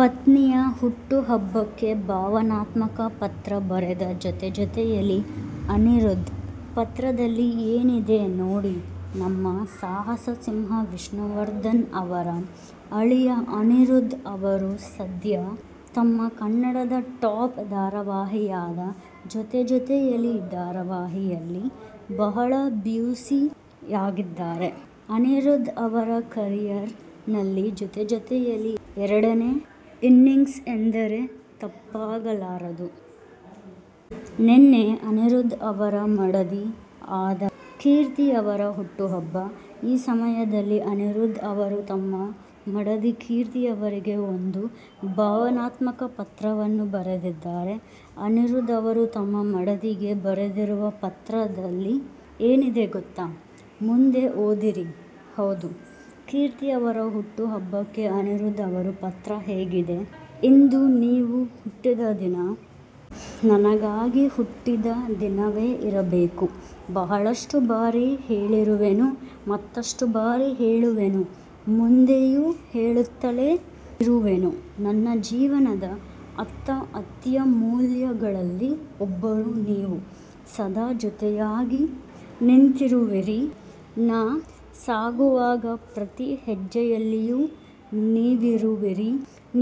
ಪತ್ನಿಯ ಹುಟ್ಟು ಹಬ್ಬಕ್ಕೆ ಭಾವನಾತ್ಮಕ ಪತ್ರ ಬರೆದ ಜೊತೆಜೊತೆಯಲಿ ಅನಿರುಧ್. ಪತ್ರದಲ್ಲಿ ಏನಿದೆ ನೋಡಿ ನಮ್ಮ ಸಾಹಸ ಸಿಂಹ ವಿಷ್ಣುವರ್ಧನ್ ಅವರ ಅಳಿಯ ಅನಿರುಧ್ ಅವರು ಸದ್ಯ ತಮ್ಮ ಕನ್ನಡದ ಟಾಪ್ ದಾರಾವಾಹಿಯಾದ ಜೊತೆಜೊತೆಯಲಿ ಧಾರಾವಾಹಿ ಯಲ್ಲಿ ಬಹಳ ಬ್ಯುಸಿ ಆಗಿದ್ದಾರೆ. ಅನಿರುಧ್ ಅವರ ಕರಿಯರ್ ನಲ್ಲಿ ಜೊತೆಜೊತೆಯಲಿ ಎರಡನೇ ಇನ್ನಿಂಗ್ಸ್ ಎಂದರೆ ತಪ್ಪಾಗಲಾರದು. ನೆನ್ನೆ ಅನಿರುಧ್ ಅವರ ಮಡದಿ ಆದ ಕೀರ್ತಿ ಅವರ ಹುಟ್ಟು ಹಬ್ಬ. ಈ ಸಮಯದಲ್ಲಿ ಅನಿರುಧ್ ಅವರು ತಮ್ಮ ಮಡದಿ ಕೀರ್ತಿ ಅವರಿಗೆ ಒಂದು ಭಾವನಾತ್ಮಕ ಪತ್ರವನ್ನು ಬರೆದಿದ್ದಾರೆ. ಅನಿರುಧ್ ಅವರು ತಮ್ಮ ಮಡದಿಗೆ ಬರೆದಿರುವ ಪತ್ರದಲ್ಲಿ ಏನಿದೆ ಗೊತ್ತಾ! ಮುಂದೆ ಓದಿರಿ ಹೌದು, ಕೀರ್ತಿ ಅವರ ಹುಟ್ಟು ಹಬ್ಬಕ್ಕೆ ಅನಿರುಧ್ ಅವರು ಪತ್ರ ಹೀಗಿದೆ "ಇಂದು ನೀವು ಹುಟ್ಟಿದ ದಿನ. ನನಗಾಗಿ ಹುಟ್ಟಿದ ದಿನವೇ ಇರಬೇಕು. ಬಹಳಷ್ಟು ಬಾರಿ ಹೇಳಿರುವೆನು. ಮತ್ತಷ್ಟು ಬಾರಿ ಹೇಳುವೆನು. ಮುಂದೆಯೂ ಹೇಳುತ್ತಲೇ ಇರುವೆನು. ನನ್ನ ಜೀವನದ ಅತ್ಯಮೂಲ್ಯಗಳಲ್ಲಿ ಒಬ್ಬರು ನೀವು. ಸದಾ ಜೊತೆಯಾಗಿ ನಿಂತಿರುವಿರಿ. ನಾ ಸಾಗುವಾಗ ಪ್ರತಿ ಹೆಜ್ಜೆಯಲ್ಲಿಯೂ ನೀವಿರುವಿರಿ.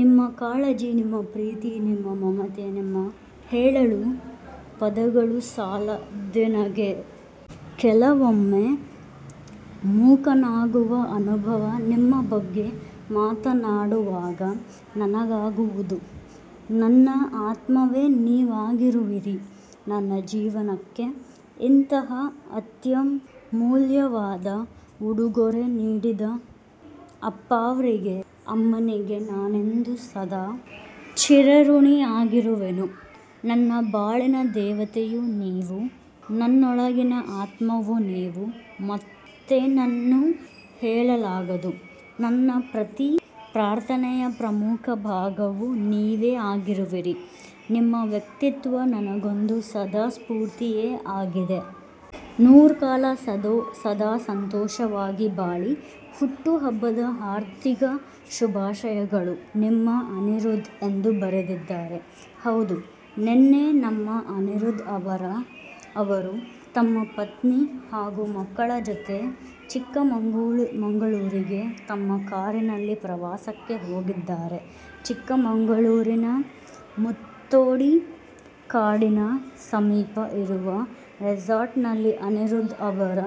ನಿಮ್ಮ ಕಾಳಜಿ, ನಿಮ್ಮ ಪ್ರೀತಿ, ನಿಮ್ಮ ಮಮತೆ, ನಿಮ್ಮ ಹೇಳಲು ಪದಗಳು ಸಾಲದೆನಗೆ. ಕೆಲವೊಮ್ಮೆ ಮೂಕನಾಗುವ ಅನುಭವ ನಿಮ್ಮ ಬಗ್ಗೆ ಮಾತನಾಡುವಾಗ ನನಗಾಗುವುದು. ನನ್ನ ಆತ್ಮವೇ ನೀವಾಗಿರುವಿರಿ. ನನ್ನ ಜೀವನಕ್ಕೆ ಇಂತಹ ಅತ್ಯಮೂಲ್ಯವಾದ ಉಡುಗೊರೆ ನೀಡಿದ ಅಪ್ಪಾವ್ರಿಗೆ, ಅಮ್ಮನಿಗೆ ನಾನೆಂದೂ ಸದಾ ಚಿರಋಣಿಯಾಗಿರುವೆನು. ನನ್ನ ಬಾಳಿನ ದೇವತೆಯೂ ನೀವು, ನನ್ನೊಳಗಿನ ಆತ್ಮವೂ ನೀವು, ಮತ್ತೇನನ್ನು ಹೇಳಲಾಗದು. ನನ್ನ ಪ್ರತಿ ಪ್ರಾರ್ಥನೆಯ ಪ್ರಮುಖ ಭಾಗವೂ ನೀವೆ ಆಗಿರುವಿರಿ, ನಿಮ್ಮ ವ್ಯಕ್ತಿತ್ವ ನನಗೆಂದೂ ಸದಾ ಸ್ಪೂರ್ತಿಯೇ ಆಗಿದೆ.. ನೂರ್ಕಾಲ ಸದಾ ಸಂತೋಷವಾಗಿ ಬಾಳಿ.. ಹುಟ್ಟು ಹಬ್ಬದ ಹಾರ್ದಿಕ ಶುಭಾಶಯಗಳು. ನಿಮ್ಮ ಅನಿರುಧ್ ಎಂದು ಬರೆದಿದ್ದಾರೆ. ಹೌದು ನೆನ್ನೆ ನಮ್ಮ ಅನಿರುಧ್ ಅವರು ತಮ್ಮ ಪತ್ನಿ, ಹಾಗು ಮಕ್ಕಳ ಜೊತೆ ಚಿಕ್ಕಮಗಳೂರಿಗೆ ತಮ್ಮ ಕಾರಿನಲ್ಲಿ ಪ್ರವಾಸಕ್ಕೆ ಹೋಗಿದ್ದಾರೆ. ಚಿಕ್ಕಮಗಳೂರಿನ ಮುತ್ತೋಡಿ ಕಾಡಿನ ಸಮೀಪ ಇರುವ ರೆಸಾರ್ಟ್ ನಲ್ಲಿ ಅನಿರುಧ್ ಅವರ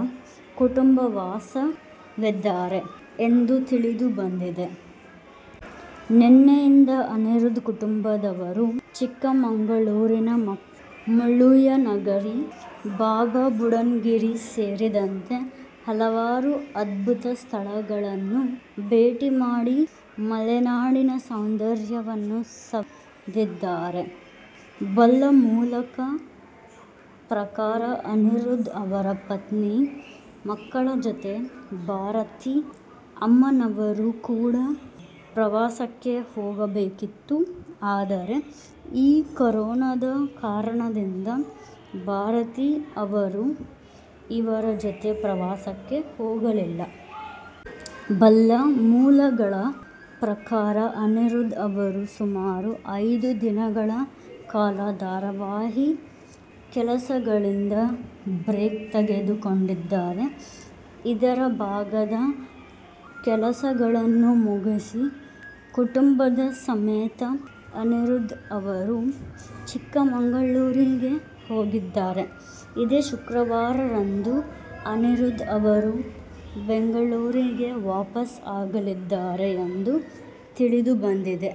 ಕುಟುಂಬ ವಾಸವಿದ್ದಾರೆ ಎಂದು ತಿಳಿದು ಬಂದಿದೆ. ನೆನ್ನೆಯಿಂದ ಅನಿರುಧ್ ಕುಟುಂಬದವರು, ಚಿಕ್ಕಮಗಳೂರಿನ ಮುಳ್ಳಯ್ಯನಗಿರಿ, ಬಾಬಾ ಬುಡನ್ ಗಿರಿ ಸೇರಿದಂತೆ ಹಲವಾರು ಅದ್ಭುತ ಸ್ಥಳಗಳನ್ನು ಭೇಟಿ ಮಾಡಿ ಮಲೆನಾಡಿನ ಸೌಂದರ್ಯವನ್ನು ಸವಿದಿದ್ದಾರೆ. ಬಲ್ಲ ಮೂಲಗಳ ಪ್ರಕಾರ ಅನಿರುಧ್ ಅವರ ಪತ್ನಿ, ಮಕ್ಕಳ ಜೊತೆ, ಭಾರತಿ ಅಮ್ಮನವರು ಕೂಡ ಪ್ರವಾಸಕ್ಕೆ ಹೋಗಬೇಕಿತ್ತು. ಆದರೆ ಈ ಕರೋನದ ಕಾರಣದಿಂದ ಭಾರತಿ ಅವರು ಇವರ ಜೊತೆ ಪ್ರವಾಸಕ್ಕೆ ಹೋಗಲಿಲ್ಲ. ಬಲ್ಲ ಮೂಲಗಳ ಪ್ರಕಾರ ಅನಿರುಧ್ ಅವರು ಸುಮಾರು ಐದು ದಿನಗಳ ಕಾಲ ಧಾರಾವಾಹಿ ಕೆಲಸಗಳಿಂದ ಬ್ರೇಕ್ ತೆಗೆದು ಕೊಂಡಿದ್ದಾರೆ. ಇವರ ಭಾಗದ ಕೆಲಸಗಳನ್ನು ಮುಗಿಸಿ, ಕುಟುಂಬದ ಸಮೇತ ಅನಿರುಧ್ ಅವರು ಚಿಕ್ಕಮಗಳೂರಿಗೆ ಹೋಗಿದ್ದಾರೆ. ಇದೇ ಶುಕ್ರವಾರದಂದು ಅನಿರುಧ್ ಅವರು ಬೆಂಗಳೂರಿಗೆ ವಾಪಾಸ್ ಆಗಲಿದ್ದಾರೆ ಎಂದು ತಿಳಿದು ಬಂದಿದೆ.